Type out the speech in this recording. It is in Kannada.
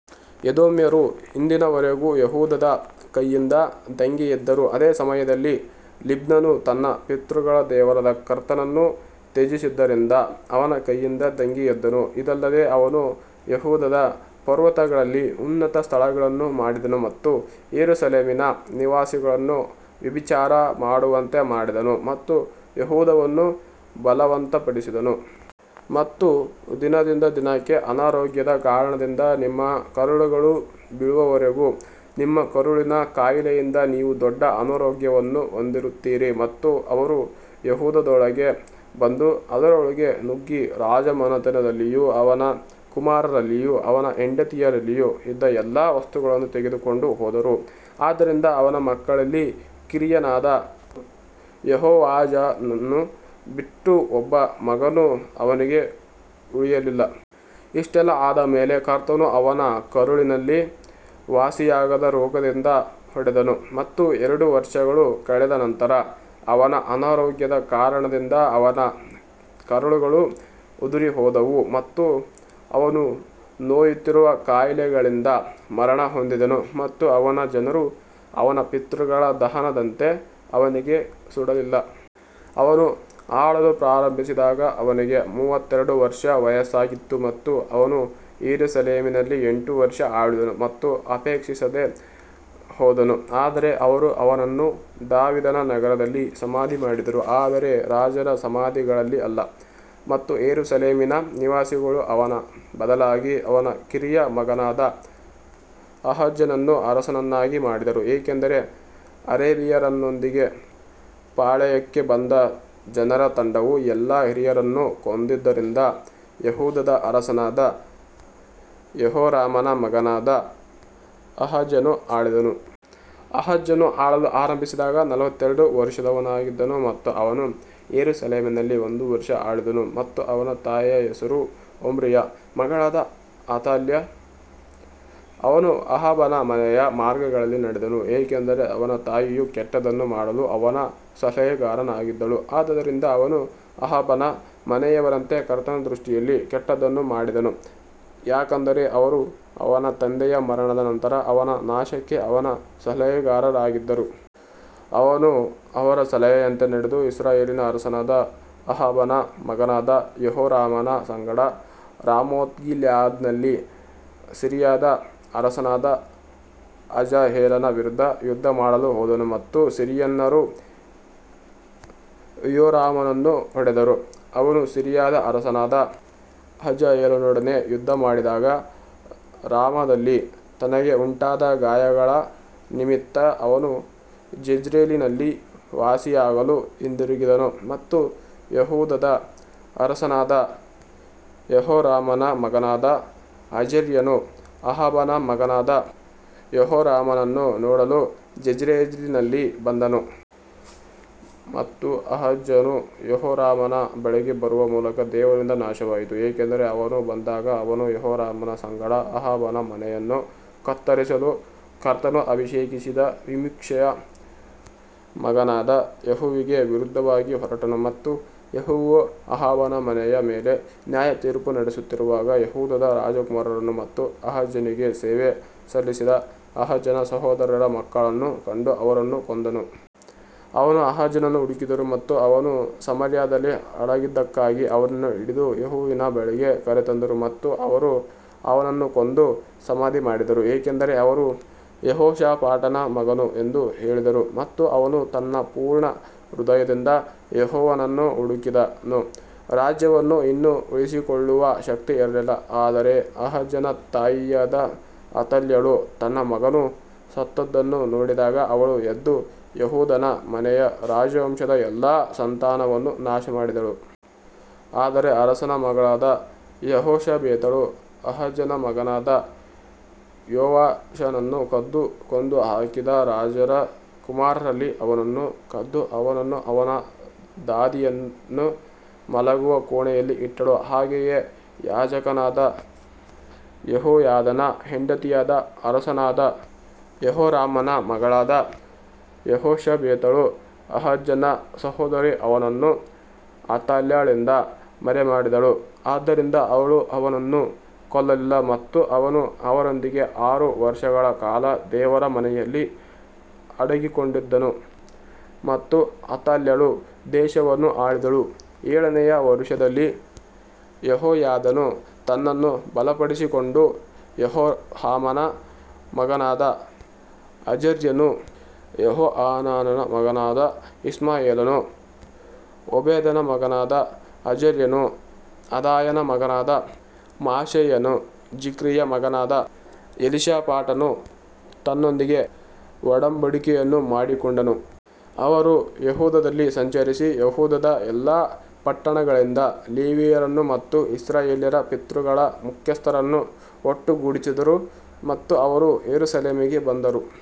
ಎದೋಮ್ಯರು ಇಂದಿನ ವರೆಗೂ ಯೆಹೂದದ ಕೈಯಿಂದ ದಂಗೆಯೆದ್ದರು, ಅದೇ ಸಮಯದಲ್ಲಿ ಲಿಬ್ನನು ತನ್ನ ಪಿತೃಗಳ ದೇವರಾದ ಕರ್ತನನ್ನು ತ್ಯಜಿಸಿದ್ದರಿಂದ ಅವನ ಕೈಯಿಂದ ದಂಗೆ ಎದ್ದನು. ಇದಲ್ಲದೆ ಅವನು ಯೆಹೂದದ ಪರ್ವತಗಳಲ್ಲಿ ಉನ್ನತ ಸ್ಥಳಗಳನ್ನು ಮಾಡಿದನು ಮತ್ತು ಯೆರೂಸಲೇಮಿನ ನಿವಾಸಿಗಳನ್ನು ವ್ಯಭಿಚಾರ ಮಾಡುವಂತೆ ಮಾಡಿದನು ಮತ್ತು ಯೆಹೂದವನ್ನು ಬಲವಂತಪಡಿಸಿದನು. ಮತ್ತು ದಿನದಿಂದ ದಿನಕ್ಕೆ ಅನಾರೋಗ್ಯದ ಕಾರಣದಿಂದ ನಿಮ್ಮ ಕರುಳುಗಳು ಬೀಳುವವರೆಗೂ ನಿಮ್ಮ ಕರುಳಿನ ಕಾಯಿಲೆಯಿಂದ ನೀವು ದೊಡ್ಡ ಅನಾರೋಗ್ಯವನ್ನು ಹೊಂದಿರುತ್ತೀರಿ ಮತ್ತು ಅವರು ಯೆಹೂದದೊಳಗೆ ಬಂದು ಅದರೊಳಗೆ ನುಗ್ಗಿ ರಾಜಮನೆತನದಲ್ಲಿಯೂ ಅವನ ಕುಮಾರರಲ್ಲಿಯೂ ಅವನ ಹೆಂಡತಿಯರಲ್ಲಿಯೂ ಇದ್ದ ಎಲ್ಲಾ ವಸ್ತುಗಳನ್ನು ತೆಗೆದುಕೊಂಡು ಹೋದರು, ಆದ್ದರಿಂದ ಅವನ ಮಕ್ಕಳಲ್ಲಿ ಕಿರಿಯನಾದ ಯೆಹೋವಾಹಾಜನ್ನು ಬಿಟ್ಟು ಒಬ್ಬ ಮಗನು ಅವನಿಗೆ ಉಳಿಯಲಿಲ್ಲ. ಇಷ್ಟೆಲ್ಲಾ ಆದ ಮೇಲೆ ಕರ್ತನು ಅವನ ಕರುಳಿನಲ್ಲಿ ವಾಸಿಯಾಗದ ರೋಗದಿಂದ ಹೊಡೆದನು ಮತ್ತು ಎರಡು ವರ್ಷಗಳು ಕಳೆದ ನಂತರ ಅವನ ಅನಾರೋಗ್ಯದ ಕಾರಣದಿಂದ ಅವನ ಕರುಳುಗಳು ಉದುರಿಹೋದವು ಮತ್ತು ಅವನು ನೋಯುತ್ತಿರುವ ಕಾಯಿಲೆಗಳಿಂದ ಮರಣಹೊಂದಿದನು ಮತ್ತು ಅವನ ಜನರು ಅವನ ಪಿತೃಗಳ ದಹನದಂತೆ ಅವನಿಗೆ ಸುಡಲಿಲ್ಲ. ಅವನು ಆಳಲು ಪ್ರಾರಂಭಿಸಿದಾಗ ಅವನಿಗೆ ಮೂವತ್ತೆರಡು ವರ್ಷ ವಯಸ್ಸಾಗಿತ್ತು ಮತ್ತು ಅವನು ಯೆರೂಸಲೇಮಿನಲ್ಲಿ ಎಂಟು ವರ್ಷ ಆಳಿದನು ಮತ್ತು ಅಪೇಕ್ಷಿಸದೆ ಹೋದನು ಆದರೆ ಅವರು ಅವನನ್ನು ದಾವೀದನ ನಗರದಲ್ಲಿ ಸಮಾಧಿ ಮಾಡಿದರು ಆದರೆ ರಾಜರ ಸಮಾಧಿಗಳಲ್ಲಿ ಅಲ್ಲ. ಮತ್ತು ಯೆರೂಸಲೇಮಿನ ನಿವಾಸಿಗಳು ಅವನ ಬದಲಾಗಿ ಅವನ ಕಿರಿಯ ಮಗನಾದ ಅಹಜ್ಯನನ್ನು ಅರಸನನ್ನಾಗಿ ಮಾಡಿದರು, ಏಕೆಂದರೆ ಅರೇಬಿಯನ್ನರೊಂದಿಗೆ ಪಾಳೆಯಕ್ಕೆ ಬಂದ ಜನರ ತಂಡವು ಎಲ್ಲಾ ಹಿರಿಯರನ್ನು ಕೊಂದಿದ್ದರಿಂದ ಯೆಹೂದದ ಅರಸನಾದ ಯೆಹೋರಾಮನ ಮಗನಾದ ಅಹಜ್ಯನು ಆಳಿದನು. ಅಹಜ್ಯನು ಆಳಲು ಆರಂಭಿಸಿದಾಗ ನಲವತ್ತೆರಡು ವರುಷದವನಾಗಿದ್ದನು ಮತ್ತು ಅವನು ಯೆರೂಸಲೇಮಿನಲ್ಲಿ ಒಂದು ವರುಷ ಆಳಿದನು ಮತ್ತು ಅವನ ತಾಯಿಯ ಹೆಸರು ಒಮ್ರಿಯ ಮಗಳಾದ ಅತಾಲ್ಯ. ಅವನು ಅಹಾಬನ ಮನೆಯ ಮಾರ್ಗಗಳಲ್ಲಿ ನಡೆದನು, ಏಕೆಂದರೆ ಅವನ ತಾಯಿಯು ಕೆಟ್ಟದ್ದನ್ನು ಮಾಡಲು ಅವನ ಸಲಹೆಗಾರನಾಗಿದ್ದಳು. ಆದದರಿಂದ ಅವನು ಅಹಾಬನ ಮನೆಯವರಂತೆ ಕರ್ತನ ದೃಷ್ಟಿಯಲ್ಲಿ ಕೆಟ್ಟದ್ದನ್ನು ಮಾಡಿದನು, ಯಾಕಂದರೆ ಅವರು ಅವನ ತಂದೆಯ ಮರಣದ ನಂತರ ಅವನ ನಾಶಕ್ಕೆ ಅವನ ಸಲಹೆಗಾರರಾಗಿದ್ದರು. ಅವನು ಅವರ ಸಲಹೆಯಂತೆ ನಡೆದು ಇಸ್ರಾಯೇಲಿನ ಅರಸನಾದ ಅಹಾಬನ ಮಗನಾದ ಯೆಹೋರಾಮನ ಸಂಗಡ ರಾಮೋತ್ಗಿಲ್ಯಾದ್ನಲ್ಲಿ ಸಿರಿಯಾದ ಅರಸನಾದ ಹಜಾಯೇಲನ ವಿರುದ್ಧ ಯುದ್ಧಮಾಡಲು ಹೋದನು ಮತ್ತು ಸಿರಿಯನ್ನರು ಯೋರಾಮನನ್ನು ಹೊಡೆದರು. ಅವನು ಸಿರಿಯಾದ ಅರಸನಾದ ಹಜಾಯೇಲನೊಡನೆ ಯುದ್ಧಮಾಡಿದಾಗ ರಾಮಾದಲ್ಲಿ ತನಗೆ ಉಂಟಾದ ಗಾಯಗಳ ನಿಮಿತ್ತ ಅವನು ಜೆಜ್ರೇಲಿನಲ್ಲಿ ವಾಸಿಯಾಗಲು ಹಿಂದಿರುಗಿದನು ಮತ್ತು ಯೆಹೂದದ ಅರಸನಾದ ಯೆಹೋರಾಮನ ಮಗನಾದ ಅಜರ್ಯನು ಅಹಾಬನ ಮಗನಾದ ಯೆಹೋರಾಮನನ್ನು ನೋಡಲು ಜೆಜ್ರೇಲಿನಲ್ಲಿ ಬಂದನು. ಮತ್ತು ಅಹಜ್ಯನು ಯೋರಾಮನ ಬಳಿಗೆ ಬರುವ ಮೂಲಕ ದೇವರಿಂದ ನಾಶವಾಯಿತು, ಏಕೆಂದರೆ ಅವನು ಬಂದಾಗ ಅವನು ಯೆಹೋರಾಮನ ಸಂಗಡ ಅಹಾಬನ ಮನೆಯನ್ನು ಕತ್ತರಿಸಲು ಕರ್ತನು ಅಭಿಷೇಕಿಸಿದ ನಿಮ್ಷಿಯ ಮಗನಾದ ಯೇಹುವಿಗೆ ವಿರುದ್ಧವಾಗಿ ಹೊರಟನು. ಮತ್ತು ಯೇಹುವು ಅಹಾಬನ ಮನೆಯ ಮೇಲೆ ನ್ಯಾಯತೀರ್ಪು ನಡೆಸುತ್ತಿರುವಾಗ ಯೆಹೂದದ ರಾಜಕುಮಾರರನ್ನು ಮತ್ತು ಅಹಜ್ಯನಿಗೆ ಸೇವೆ ಸಲ್ಲಿಸಿದ ಅಹಜ್ಯನ ಸಹೋದರರ ಮಕ್ಕಳನ್ನು ಕಂಡು ಅವರನ್ನು ಕೊಂದನು. ಅವನು ಅಹಜ್ಯನನ್ನು ಹುಡುಕಿದನು ಮತ್ತು ಅವನು ಸಮಾರ್ಯದಲ್ಲಿ ಅಡಗಿದ್ದಕ್ಕಾಗಿ ಅವನನ್ನು ಹಿಡಿದು ಯೇಹುವಿನ ಬಳಿಗೆ ಕರೆತಂದರು ಮತ್ತು ಅವರು ಅವನನ್ನು ಕೊಂದು ಸಮಾಧಿ ಮಾಡಿದರು ಏಕೆಂದರೆ ಅವರು ಯೆಹೋಷಾಫಾಟನ ಮಗನು ಎಂದು ಹೇಳಿದರು ಮತ್ತು ಅವನು ತನ್ನ ಪೂರ್ಣ ಹೃದಯದಿಂದ ಯೆಹೋವನನ್ನು ಹುಡುಕಿದನು. ರಾಜ್ಯವನ್ನು ಇನ್ನೂ ಉಳಿಸಿಕೊಳ್ಳುವ ಶಕ್ತಿ ಇರಲಿಲ್ಲ ಆದರೆ ಅಹಜ್ಯನ ತಾಯಿಯಾದ ಅತಲ್ಯಳು ತನ್ನ ಮಗನು ಸತ್ತದ್ದನ್ನು ನೋಡಿದಾಗ ಅವಳು ಎದ್ದು ಯೆಹೂದನ ಮನೆಯ ರಾಜವಂಶದ ಎಲ್ಲಾ ಸಂತಾನವನ್ನು ನಾಶಮಾಡಿದಳು. ಆದರೆ ಅರಸನ ಮಗಳಾದ ಯೆಹೋಷಬೇತಳು ಅಹಜ್ಯನ ಮಗನಾದ ಯೋವಾಷನನ್ನು ಕದ್ದು ಕೊಂದುಹಾಕಿದ ರಾಜರ ಕುಮಾರರಲ್ಲಿ ಅವನನ್ನು ಕದ್ದು ಅವನನ್ನೂ ಅವನ ದಾದಿಯನ್ನೂ ಮಲಗುವ ಕೋಣೆಯಲ್ಲಿ ಇಟ್ಟಳು, ಹಾಗೆಯೇ ಯಾಜಕನಾದ ಯೆಹೋಯಾದನ ಹೆಂಡತಿಯಾದ ಅರಸನಾದ ಯೆಹೋರಾಮನ ಮಗಳಾದ ಯೆಹೋಷಬೇತಳು ಅಹಜ್ಯನ ಸಹೋದರಿ ಅವನನ್ನು ಅಥಾಲ್ಯಳಿಂದ ಮರೆಮಾಡಿದಳು, ಆದ್ದರಿಂದ ಅವಳು ಅವನನ್ನು ಕೊಲ್ಲಲಿಲ್ಲ ಮತ್ತು ಅವನು ಅವರೊಂದಿಗೆ ಆರು ವರ್ಷಗಳ ಕಾಲ ದೇವರ ಮನೆಯಲ್ಲಿ ಅಡಗಿಕೊಂಡಿದ್ದನು ಮತ್ತು ಅಥಾಲ್ಯಳು ದೇಶವನ್ನು ಆಳಿದಳು ಏಳನೆಯ ವರುಷದಲ್ಲಿ ಯೆಹೋಯಾದನು ತನ್ನನ್ನು ಬಲಪಡಿಸಿಕೊಂಡು ಯೆರೋಹಾಮನ ಮಗನಾದ ಅಜರ್ಯನೂ ಯೆಹೋಹಾನಾನನ ಮಗನಾದ ಇಷ್ಮಾಯೇಲನೂ ಓಬೇದನ ಮಗನಾದ ಅಜರ್ಯನೂ ಆದಾಯನ ಮಗನಾದ ಮಾಸೇಯನೂ ಜಿಕ್ರಿಯ ಮಗನಾದ ಎಲೀಷಾಫಾಟನೂ ತನ್ನೊಂದಿಗೆ ಒಡಂಬಡಿಕೆಯನ್ನು ಮಾಡಿಕೊಂಡನು. ಅವರು ಯೆಹೂದದಲ್ಲಿ ಸಂಚರಿಸಿ ಯೆಹೂದದ ಎಲ್ಲಾ ಪಟ್ಟಣಗಳಿಂದ ಲೇವಿಯರನ್ನು ಮತ್ತು ಇಸ್ರಾಯೇಲ್ಯರ ಪಿತೃಗಳ ಮುಖ್ಯಸ್ಥರನ್ನು ಒಟ್ಟುಗೂಡಿಸಿದರು ಮತ್ತು ಅವರು ಯೆರೂಸಲೇಮಿಗೆ ಬಂದರು.